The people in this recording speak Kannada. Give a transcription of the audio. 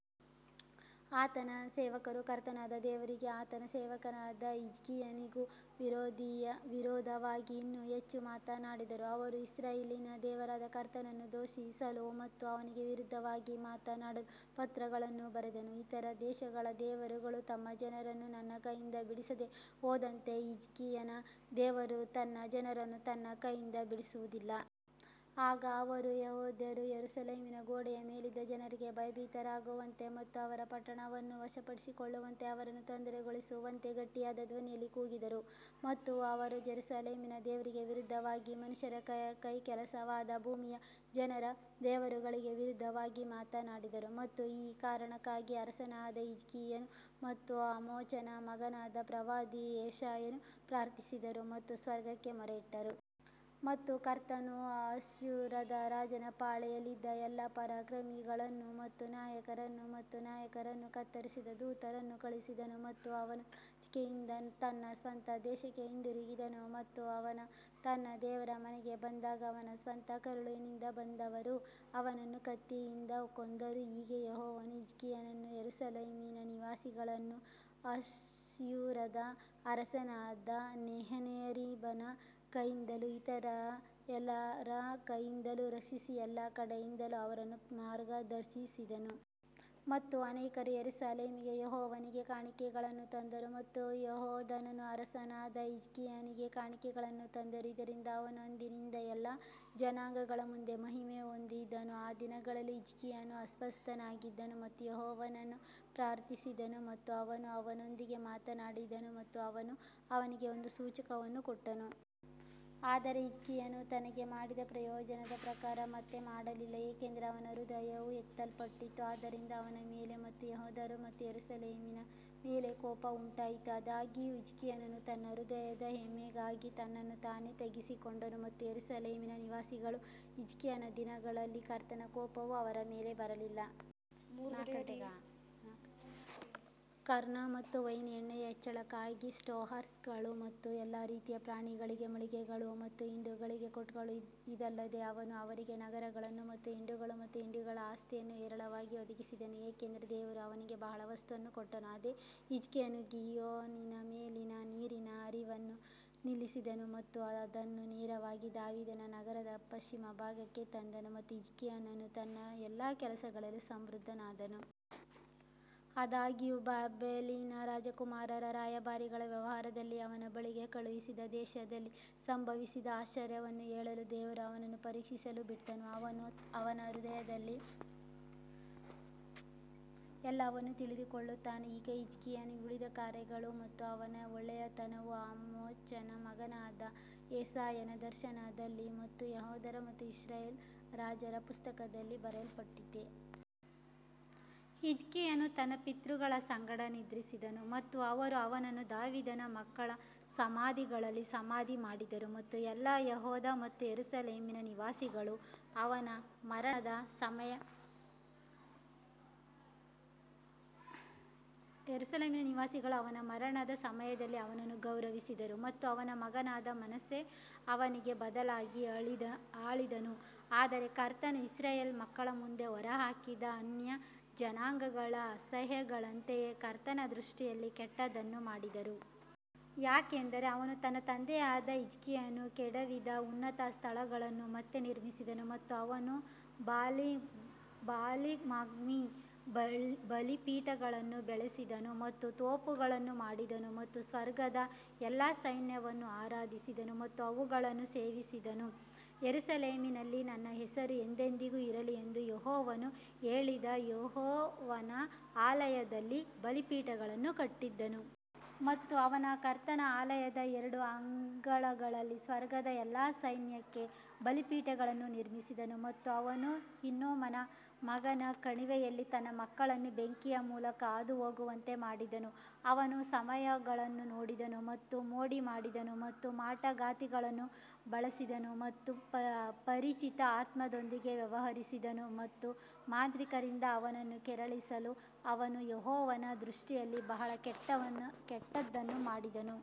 ಆತನ ಸೇವಕರು ಕರ್ತನಾದ ದೇವರಿಗೂ ಆತನ ಸೇವಕನಾದ ಹಿಜ್ಕೀಯನಿಗೂ ವಿರೋಧವಾಗಿ ಇನ್ನೂ ಹೆಚ್ಚು ಮಾತಾಡಿದರು ಅವನು ಇಸ್ರಾಯೇಲಿನ ದೇವರಾದ ಕರ್ತನನ್ನು ದೂಷಿಸಲು ಮತ್ತು ಅವನಿಗೆ ವಿರುದ್ಧವಾಗಿ ಮಾತನಾಡಲು ಪತ್ರಗಳನ್ನು ಬರೆದನು ಇತರ ದೇಶಗಳ ದೇವರುಗಳು ತಮ್ಮ ಜನರನ್ನು ನನ್ನ ಕೈಯಿಂದ ಬಿಡಿಸದೆ ಹೋದಂತೆ ಹಿಜ್ಕೀಯನ ದೇವರು ತನ್ನ ಜನರನ್ನು ನನ್ನ ಕೈಯಿಂದ ಬಿಡಿಸುವುದಿಲ್ಲ. ಆಗ ಅವರು ಯೆಹೂದ್ಯರು ಯೆರೂಸಲೇಮಿನ ಗೋಡೆಯ ಮೇಲಿದ್ದ ಜನರಿಗೆ ಭಯಭೀತರಾಗುವಂತೆ ಮತ್ತು ಅವರು ಪಟ್ಟಣವನ್ನು ವಶಪಡಿಸಿಕೊಳ್ಳುವಂತೆ ಅವರನ್ನು ತೊಂದರೆಗೊಳಿಸುವಂತೆ ಗಟ್ಟಿಯಾದ ಧ್ವನಿಯಲ್ಲಿ ಕೂಗಿದರು. ಮತ್ತು ಅವರು ಜೆರುಸಲೇಮಿನ ದೇವರಿಗೆ ವಿರುದ್ಧವಾಗಿ ಮನುಷ್ಯರ ಕೈಕೆಲಸವಾದ ಭೂಮಿಯ ಜನರ ದೇವರುಗಳಿಗೆ ವಿರುದ್ಧವಾಗಿ ಮಾತನಾಡಿದರು. ಮತ್ತು ಈ ಕಾರಣಕ್ಕಾಗಿ ಅರಸನಾದ ಹಿಜ್ಕೀಯನು ಮತ್ತು ಆಮೋಚನ ಮಗನಾದ ಪ್ರವಾದಿ ಯೆಶಾಯನು ಪ್ರಾರ್ಥಿಸಿದರು ಮತ್ತು ಸ್ವರ್ಗಕ್ಕೆ ಮೊರೆಯಿಟ್ಟರು. ಮತ್ತು ಕರ್ತನು ಅಶ್ಶೂರದ ರಾಜನ ಪಾಳೆಯದಲ್ಲಿದ್ದ ಎಲ್ಲಾ ಪರಾಕ್ರಮಶಾಲಿಗಳನ್ನು ಮತ್ತು ನಾಯಕರನ್ನು ಮತ್ತು ನಾಯಕರನ್ನು ಕತ್ತರಿಸಿದ ದೂತನನ್ನು ಕಳುಹಿಸಿದನು ಮತ್ತು ಅವನು ನಾಚಿಕೆಯಿಂದ ತನ್ನ ಸ್ವಂತ ದೇಶಕ್ಕೆ ಹಿಂದಿರುಗಿದನು ಮತ್ತು ಅವನು ತನ್ನ ದೇವರ ಮನೆಗೆ ಬಂದಾಗ ಅವನ ಸ್ವಂತ ಕರುಳಿನಿಂದ ಬಂದವರು ಅವನನ್ನು ಕತ್ತಿಯಿಂದ ಕೊಂದರು ಹೀಗೆ ಯೆಹೋವನು ಹಿಜ್ಕೀಯನನ್ನೂ ಯೆರೂಸಲೇಮಿನ ನಿವಾಸಿಗಳನ್ನೂ ಅಶ್ಶೂರದ ಅರಸನಾದ ಸನ್ಹೇರೀಬನ ಕೈಯಿಂದಲೂ ಇತರ ಎಲ್ಲರ ಕೈಯಿಂದಲೂ ರಕ್ಷಿಸಿ ಎಲ್ಲಾ ಕಡೆಯಿಂದಲೂ ಅವರನ್ನು ಮಾರ್ಗದರ್ಶಿಸಿದನು. ಮತ್ತು ಅನೇಕರು ಯೆರೂಸಲೇಮಿಗೆ ಯೆಹೋವನಿಗೆ ಕಾಣಿಕೆಗಳನ್ನು ತಂದರು ಮತ್ತು ಯೆಹೂದದ ಅರಸನಾದ ಹಿಜ್ಕೀಯನಿಗೆ ಕಾಣಿಕೆಗಳನ್ನು ತಂದರು, ಇದರಿಂದ ಅವನು ಅಂದಿನಿಂದ ಎಲ್ಲಾ ಜನಾಂಗಗಳ ಮುಂದೆ ಮಹಿಮೆ ಹೊಂದಿದನು. ಆ ದಿನಗಳಲ್ಲಿ ಹಿಜ್ಕೀಯನು ಅಸ್ವಸ್ಥನಾಗಿದ್ದನು ಮತ್ತು ಯೆಹೋವನನ್ನು ಪ್ರಾರ್ಥಿಸಿದನು ಮತ್ತು ಅವನು ಅವನೊಂದಿಗೆ ಮಾತಾಡಿದನು ಮತ್ತು ಅವನು ಅವನಿಗೆ ಒಂದು ಸೂಚಕವನ್ನು ಕೊಟ್ಟನು. ಆದರೆ ಹಿಜ್ಕೀಯನು ತನಗೆ ಮಾಡಿದ ಪ್ರಯೋಜನದ ಪ್ರಕಾರ ಮತ್ತೆ ಮಾಡಲಿಲ್ಲ, ಏಕೆಂದರೆ ಅವನ ಹೃದಯವು ಎತ್ತಲ್ಪಟ್ಟಿತು, ಆದ್ದರಿಂದ ಅವನ ಮೇಲೆ ಮತ್ತು ಯೆಹೂದ ಮತ್ತು ಯೆರೂಸಲೇಮಿನ ಮೇಲೆ ಕೋಪ ಉಂಟಾಯಿತು. ಆದಾಗ್ಯೂ ಹಿಜ್ಕೀಯನು ತನ್ನ ಹೃದಯದ ಹೆಮ್ಮೆಗಾಗಿ ತನ್ನನ್ನು ತಾನೇ ತಗ್ಗಿಸಿಕೊಂಡನು ಮತ್ತು ಯೆರೂಸಲೇಮಿನ ನಿವಾಸಿಗಳು ಹಿಜ್ಕೀಯನ ದಿನಗಳಲ್ಲಿ ಕರ್ತನ ಕೋಪವು ಅವರ ಮೇಲೆ ಬರಲಿಲ್ಲ. ಕಾರ್ನ್ ಮತ್ತು ವೈನ್ ಮತ್ತು ಎಣ್ಣೆಯ ಹೆಚ್ಚಳಕ್ಕಾಗಿ ಸ್ಟೋರ್ಹೌಸ್ಗಳು ಮತ್ತು ಎಲ್ಲಾ ರೀತಿಯ ಪ್ರಾಣಿಗಳಿಗೆ ಮಳಿಗೆಗಳು ಮತ್ತು ಹಿಂಡುಗಳಿಗೆ ಕೋಟ್ಗಳು ಇದಲ್ಲದೆ ಅವನು ಅವನಿಗೆ ನಗರಗಳನ್ನು ಮತ್ತು ಹಿಂಡುಗಳು ಮತ್ತು ಹಿಂಡುಗಳ ಆಸ್ತಿಯನ್ನು ಹೇರಳವಾಗಿ ಒದಗಿಸಿದನು, ಏಕೆಂದರೆ ದೇವರು ಅವನಿಗೆ ಬಹಳ ವಸ್ತುವನ್ನು ಕೊಟ್ಟನು. ಅದೇ ಹಿಜ್ಕೀಯನು ಗೀಹೋನಿನ ಮೇಲಿನ ನೀರಿನ ಹರಿವನ್ನು ನಿಲ್ಲಿಸಿದನು ಮತ್ತು ಅದನ್ನು ನೇರವಾಗಿ ದಾವೀದನ ನಗರದ ಪಶ್ಚಿಮ ಭಾಗಕ್ಕೆ ತಂದನು ಮತ್ತು ಹಿಜ್ಕೀಯನು ತನ್ನ ಎಲ್ಲಾ ಕೆಲಸಗಳಲ್ಲಿ ಸಮೃದ್ಧನಾದನು. ಆದಾಗ್ಯೂ, ಬಾಬೆಲಿನ ರಾಜಕುಮಾರರ ರಾಯಭಾರಿಗಳ ವ್ಯವಹಾರದಲ್ಲಿ ಅವನ ಬಳಿಗೆ ಕಳುಹಿಸಿದ ದೇಶದಲ್ಲಿ ಸಂಭವಿಸಿದ ಆಶ್ಚರ್ಯವನ್ನು ಕೇಳಲು ದೇವರು ಅವನನ್ನು ಪರೀಕ್ಷಿಸಲು ಬಿಟ್ಟನು, ಅವನು ಅವನ ಹೃದಯದಲ್ಲಿರುವ ಎಲ್ಲವನ್ನೂ ತಿಳಿದುಕೊಳ್ಳುತ್ತಾನೆ. ಈಗ ಹಿಜ್ಕೀಯನ ಉಳಿದ ಕಾರ್ಯಗಳು ಮತ್ತು ಅವನ ಒಳ್ಳೆಯತನವು ಆಮೋಚನ ಮಗನಾದ ಯೆಶಾಯನ ದರ್ಶನದಲ್ಲಿ ಮತ್ತು ಯೆಹೂದ ಮತ್ತು ಇಸ್ರೇಲ್ ರಾಜರ ಪುಸ್ತಕದಲ್ಲಿ ಬರೆಯಲ್ಪಟ್ಟಿದೆ. ಹಿಜ್ಕೀಯನು ತನ್ನ ಪಿತೃಗಳ ಸಂಗಡ ನಿದ್ರಿಸಿದನು ಮತ್ತು ಅವರು ಅವನನ್ನು ದಾವೀದನ ಮಕ್ಕಳ ಸಮಾಧಿಗಳಲ್ಲಿ ಸಮಾಧಿ ಮಾಡಿದರು ಮತ್ತು ಎಲ್ಲಾ ಯೆಹೂದ ಮತ್ತು ಯೆರೂಸಲೇಮಿನ ನಿವಾಸಿಗಳು ಅವನ ಮರಣದ ಸಮಯದಲ್ಲಿ ಅವನನ್ನು ಗೌರವಿಸಿದರು ಮತ್ತು ಅವನ ಮಗನಾದ ಮನಸ್ಸೆ ಅವನಿಗೆ ಬದಲಾಗಿ ಆಳಿದನು. ಆದರೆ ಕರ್ತನು ಇಸ್ರಾಯೇಲ್ ಮಕ್ಕಳ ಮುಂದೆ ಹೊರಹಾಕಿದ ಅನ್ಯಜನಾಂಗಗಳ ಅಸಹ್ಯಗಳಂತೆಯೇ ಕರ್ತನ ದೃಷ್ಟಿಯಲ್ಲಿ ಕೆಟ್ಟದ್ದನ್ನು ಮಾಡಿದರು. ಯಾಕಂದರೆ ಅವನು ತನ್ನ ತಂದೆಯಾದ ಹಿಜ್ಕೀಯನು ಕೆಡವಿದ ಉನ್ನತ ಸ್ಥಳಗಳನ್ನು ಮತ್ತೆ ನಿರ್ಮಿಸಿದನು ಮತ್ತು ಅವನು ಬಾಲಿಮ್ಗಾಗಿ ಬಲಿಪೀಠಗಳನ್ನು ಬೆಳೆಸಿದನು ಮತ್ತು ತೋಪುಗಳನ್ನು ಮಾಡಿದನು ಮತ್ತು ಸ್ವರ್ಗದ ಎಲ್ಲಾ ಸೈನ್ಯವನ್ನು ಆರಾಧಿಸಿದನು ಮತ್ತು ಅವುಗಳನ್ನು ಸೇವಿಸಿದನು. ಯೆರೂಸಲೇಮಿನಲ್ಲಿ ನನ್ನ ಹೆಸರು ಎಂದೆಂದಿಗೂ ಇರಲಿ ಎಂದು ಯೆಹೋವನು ಹೇಳಿದ ಯೆಹೋವನ ಆಲಯದಲ್ಲಿ ಬಲಿಪೀಠಗಳನ್ನು ಕಟ್ಟಿಸಿದನು. ಮತ್ತು ಅವನು ಕರ್ತನ ಆಲಯದ ಎರಡು ಅಂಗಳಗಳಲ್ಲಿ ಸ್ವರ್ಗದ ಎಲ್ಲಾ ಸೈನ್ಯಕ್ಕೆ ಬಲಿಪೀಠಗಳನ್ನು ನಿರ್ಮಿಸಿದನು ಮತ್ತು ಅವನು ಹಿನ್ನೋಮನ ಮಗನ ಕಣಿವೆಯಲ್ಲಿ ತನ್ನ ಮಕ್ಕಳನ್ನು ಬೆಂಕಿಯ ಮೂಲಕ ಹಾದುಹೋಗುವಂತೆ ಮಾಡಿದನು, ಅವನು ಸಮಯಗಳನ್ನು ನೋಡಿದನು ಮತ್ತು ಮೋಡಿಮಾಡಿದನು ಮತ್ತು ಮಾಟಗಾತಿಯನ್ನು ಬಳಸಿದನು ಮತ್ತು ಪರಿಚಿತ ಆತ್ಮದೊಂದಿಗೆ ವ್ಯವಹರಿಸಿದನು ಮತ್ತು ಮಾಂತ್ರಿಕರಿಂದ ಅವನನ್ನು ಕೆರಳಿಸಲು ಅವನು ಯೆಹೋವನ ದೃಷ್ಟಿಯಲ್ಲಿ ಬಹಳ ಕೆಟ್ಟದ್ದನ್ನು ಮಾಡಿದನು.